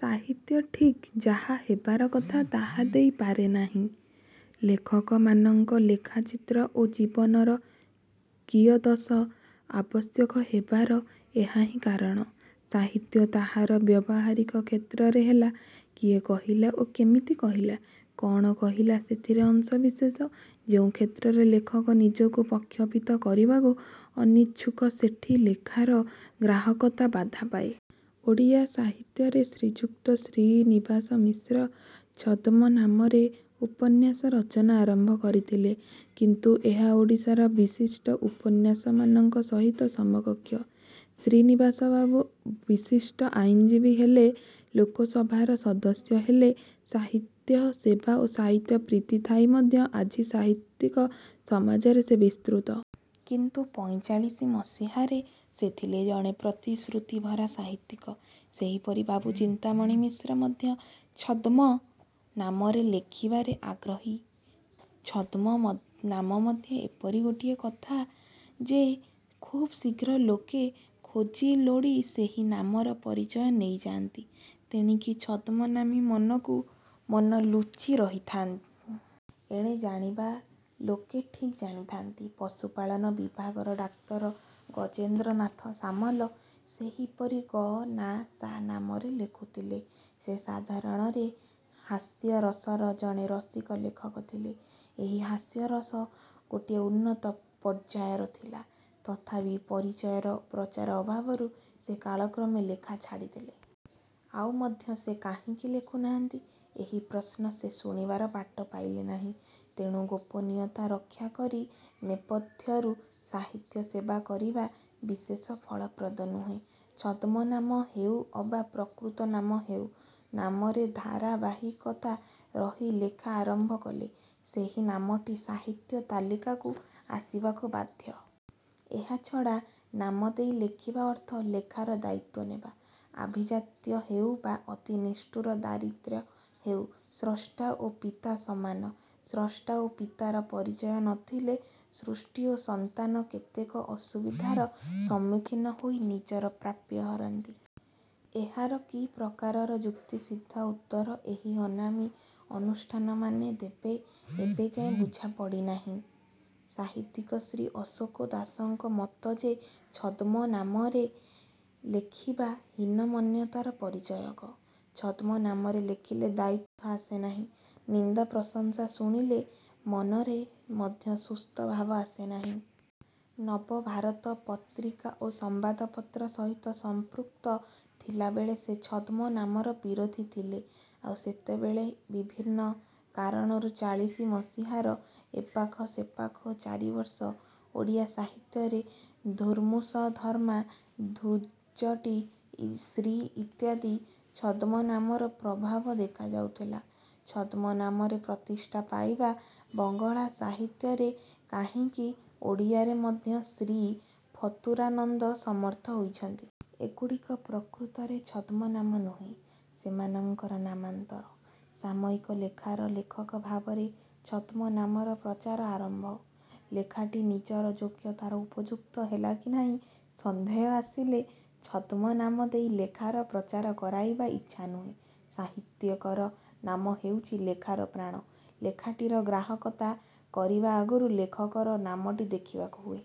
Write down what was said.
ସାହିତ୍ୟ ଠିକ୍ ଯାହା ହେବାର କଥା ତାହା ହେଇ ପାରେ ନାହିଁ। ଲେଖକମାନଙ୍କର ଲେଖା, ଚିତ୍ର ଓ ଜୀବନର କିୟଦଂଶ ଆବଶ୍ୟକ ହେବାର ଏହାହିଁ କାରଣ। ସାହିତ୍ୟ ତାହାର ବ୍ୟବହାରିକ କ୍ଷେତ୍ରରେ ହେଲା-କିଏ କହିଲା ଓ କେମିତି କହିଲା? କ'ଣ କହିଲା ସେଥିରେ ଅଂଶବିଶେଷ। ଯେଉଁ କ୍ଷେତ୍ରରେ ଲେଖକ ନିଜକୁ ପ୍ରଖ୍ୟପିତ କରିବାକୁ ଅନିଚ୍ଛୁକ ସେଠି ଲେଖାର ଗ୍ରାହକତା ବାଧା ପାଏ। ଓଡ଼ିଆ ସାହିତ୍ୟରେ ଶ୍ରୀଯୁକ୍ତ ଶ୍ରୀନିବାସ ମିଶ୍ର ଛଦ୍ମନାମରେ ଉପନ୍ୟାସ ରଚନା ଆରମ୍ଭ କରିଥିଲେ। କିନ୍ତୁ ଏହା ଓଡ଼ିଶାର ବିଶିଷ୍ଟ ଉପନ୍ୟାସମାନଙ୍କ ସହିତ ସମକକ୍ଷ। ଶ୍ରୀନିବାସବାବୁ ବିଶିଷ୍ଟ ଆଇନଜୀବୀ ହେଲେ। ଲୋକସଭାର ସଦସ୍ୟ ହେଲେ। ସାହିତ୍ୟ ସେବା ଓ ସାହିତ୍ୟ ପ୍ରୀତି ଥାଇ ମଧ୍ୟ ଆଜି ସାହିତ୍ୟିକ ସମାଜରେ ସେ ବିସ୍ମୃତ। କିନ୍ତୁ ପଇଁଚାଳିଶି ମସିହାରେ ସେ ଥିଲେ ଜଣେ ପ୍ରତିଶୃତିଭରା ସାହିତ୍ୟିକ। ସେହିପରି ବାବୁ ଚିନ୍ତାମଣି ମିଶ୍ର ମଧ୍ୟ ଛଦ୍ମ ନାମରେ ଲେଖିବାରେ ଆଗ୍ରହୀ। ଛଦ୍ମନାମ ମଧ୍ୟ ଏମିତି ଗୋଟାଏ କଥା ଯେ ଖୁବ୍ ଶୀଘ୍ର ଲୋକେ ଖୋଜିଲୋଡ଼ି ସେହି ନାମର ପରିଚୟ ନେଇଯାନ୍ତି। ତେଣିକି ଛଦ୍ମନାମୀ ମନକୁ ମନ ଲୁଚି ରହିଥାଏ। ଏଣେ ଜାଣିବା ଲୋକେ ଠିକ୍ ଜାଣିଥାନ୍ତି। ପଶୁପାଳନ ବିଭାଗର ଡାକ୍ତର ଗଜେନ୍ଦ୍ରନାଥ ସାମଲ ସେହିପରି ଗ-ନା-ସା ନାମରେ ଲେଖୁଥିଲେ। ସେ ସାଧାରଣରେ ହାସ୍ୟରସର ଜଣେ ରସିକ ଲେଖକ ଥିଲେ। ଏହି ହାସ୍ୟରସ ଗୋଟିଏ ଉନ୍ନତ ପର୍ଯ୍ୟାୟର ଥିଲା। ତଥାପି ପରିଚୟର ପ୍ରଚାର ଅଭାବରୁ ସେ କାଳକ୍ରମେ ଲେଖା ଛାଡ଼ିଦେଲେ। ଆଉ ମଧ୍ୟ ସେ କାହିଁକି ଲେଖୁ ନାହାନ୍ତି-ଏହି ପ୍ରଶ୍ନ ସେ ଶୁଣିବାର ବାଟ ପାଇଲେ ନାହିଁ। ତେଣୁ ଗୋପନୀୟତା ରକ୍ଷା କରି ନେପଥ୍ୟରୁ ସାହିତ୍ୟସେବା କରିବା ବିଶେଷ ଫଳପ୍ରଦ ନୁହେଁ। ଛଦ୍ମନାମ ହେଉ ଅବା ପ୍ରକୃତ ନାମ ହେଉ ନାମରେ ଧାରାବାହିକତା ରହି ଲେଖା ଆରମ୍ଭ କଲେ ସେହି ନାମଟି ସାହିତ୍ୟ ତାଲିକାକୁ ଆସିବାକୁ ବାଧ୍ୟ। ଏହାଛଡ଼ା ନାମ ଦେଇ ଲେଖିବା ଅର୍ଥ ଲେଖାର ଦାୟିତ୍ୱ ନେବା। ଆଭିଜାତ୍ୟ ହେଉ ବା ଅତି ନିଷ୍ଠୁର ଦାରିଦ୍ର୍ୟ ହେଉ ସ୍ରଷ୍ଟା ଓ ପିତା ସମାନ। ସ୍ରଷ୍ଟା ଓ ପିତାର ପରିଚୟ ନ ଥିଲେ ସୃଷ୍ଟି ଓ ସନ୍ତାନ କେତେକ ଅସୁବିଧାର ସମ୍ମୁଖୀନ ହୋଇ ନିଜର ପ୍ରାପ୍ୟ ହରାନ୍ତି। ଏହାର କି ପ୍ରକାରର ଯୁକ୍ତିସିଦ୍ଧ ଉତ୍ତର ଏହି ଅନାମୀ ଅନୁଷ୍ଠାନମାନେ ଦେବେ ଏବେଯାଏ ବୁଝାପଡ଼ି ନାହିଁ। ସାହିତ୍ୟିକ ଶ୍ରୀ ଅଶୋକ ଦାସଙ୍କର ମତ ଯେ ଛଦ୍ମ ନାମରେ ଲେଖିବା ହୀନମନ୍ୟତାର ପରିଚାୟକ। ଛଦ୍ମ ନାମରେ ଲେଖିଲେ ଦାୟିତ୍ୱବୋଧ ଆସେ ନାହିଁ। ନିନ୍ଦା ପ୍ରଶଂସା ଶୁଣିଲେ ମନରେ ମଧ୍ୟ ସୁସ୍ଥ ଭାବ ଆସେ ନାହିଁ। ନବଭାରତ ପତ୍ରିକା ଓ ସମ୍ୱାଦପତ୍ର ସହିତ ସଂପୃକ୍ତ ଥିଲାବେଳେ ସେ ଛଦ୍ମନାମର ବିରୋଧି ଥିଲେ। ଆଉ ସେତେବେଳେ ବିଭିନ୍ନ। କାରଣରୁ ଚାଳିଶି ମସିହାର ଏପାଖ ସେପାଖ ଚାରିବର୍ଷ ଓଡ଼ିଆ ସାହିତ୍ୟରେ ଧୁର୍ମୁଷଧର୍ମା, ଧୁର୍ଜଟି, ଶ୍ରୀ ଇତ୍ୟାଦି ଛଦ୍ମନାମର ପ୍ରଭାବ ଦେଖା ଯାଉଥିଲା। ଛଦ୍ମ ନାମରେ ପ୍ରତିଷ୍ଠା ପାଇବା ବଙ୍ଗଳା ସାହିତ୍ୟରେ କାହିଁକି ଓଡ଼ିଆରେ ମଧ୍ୟ ଶ୍ରୀ ଫତୁରାନନ୍ଦ ସମର୍ଥ ହୋଇଛନ୍ତି। ଏଗୁଡ଼ିକ ପ୍ରକୃତରେ ଛଦ୍ମନାମ ନୁହେଁ-ସେମାନଙ୍କର ନାମାନ୍ତର। ସାମୟିକ ଲେଖାର ଲେଖକ ଭାବରେ ଛଦ୍ମ ନାମର ପ୍ରଚାରର ଆରମ୍ଭ। ଲେଖାଟି ନିଜର ଯୋଗ୍ୟତାର ଉପଯୁକ୍ତ ହେଲା କି ନାହିଁ-ସନ୍ଦେହ ଆସିଲେ ଛଦ୍ମ ନାମ ଦେଇ ଲେଖାର ପ୍ରଚାର କରାଇବା ଇଚ୍ଛା ହୁଏ। ସାହିତ୍ୟିକର ନାମ ହେଉଛି ଲେଖାର ପ୍ରାଣ। ଲେଖାଟିର ଗ୍ରାହକତା କରିବା ଆଗରୁ ଲେଖକର ନାମଟି ଦେଖିବାକୁ ହୁଏ।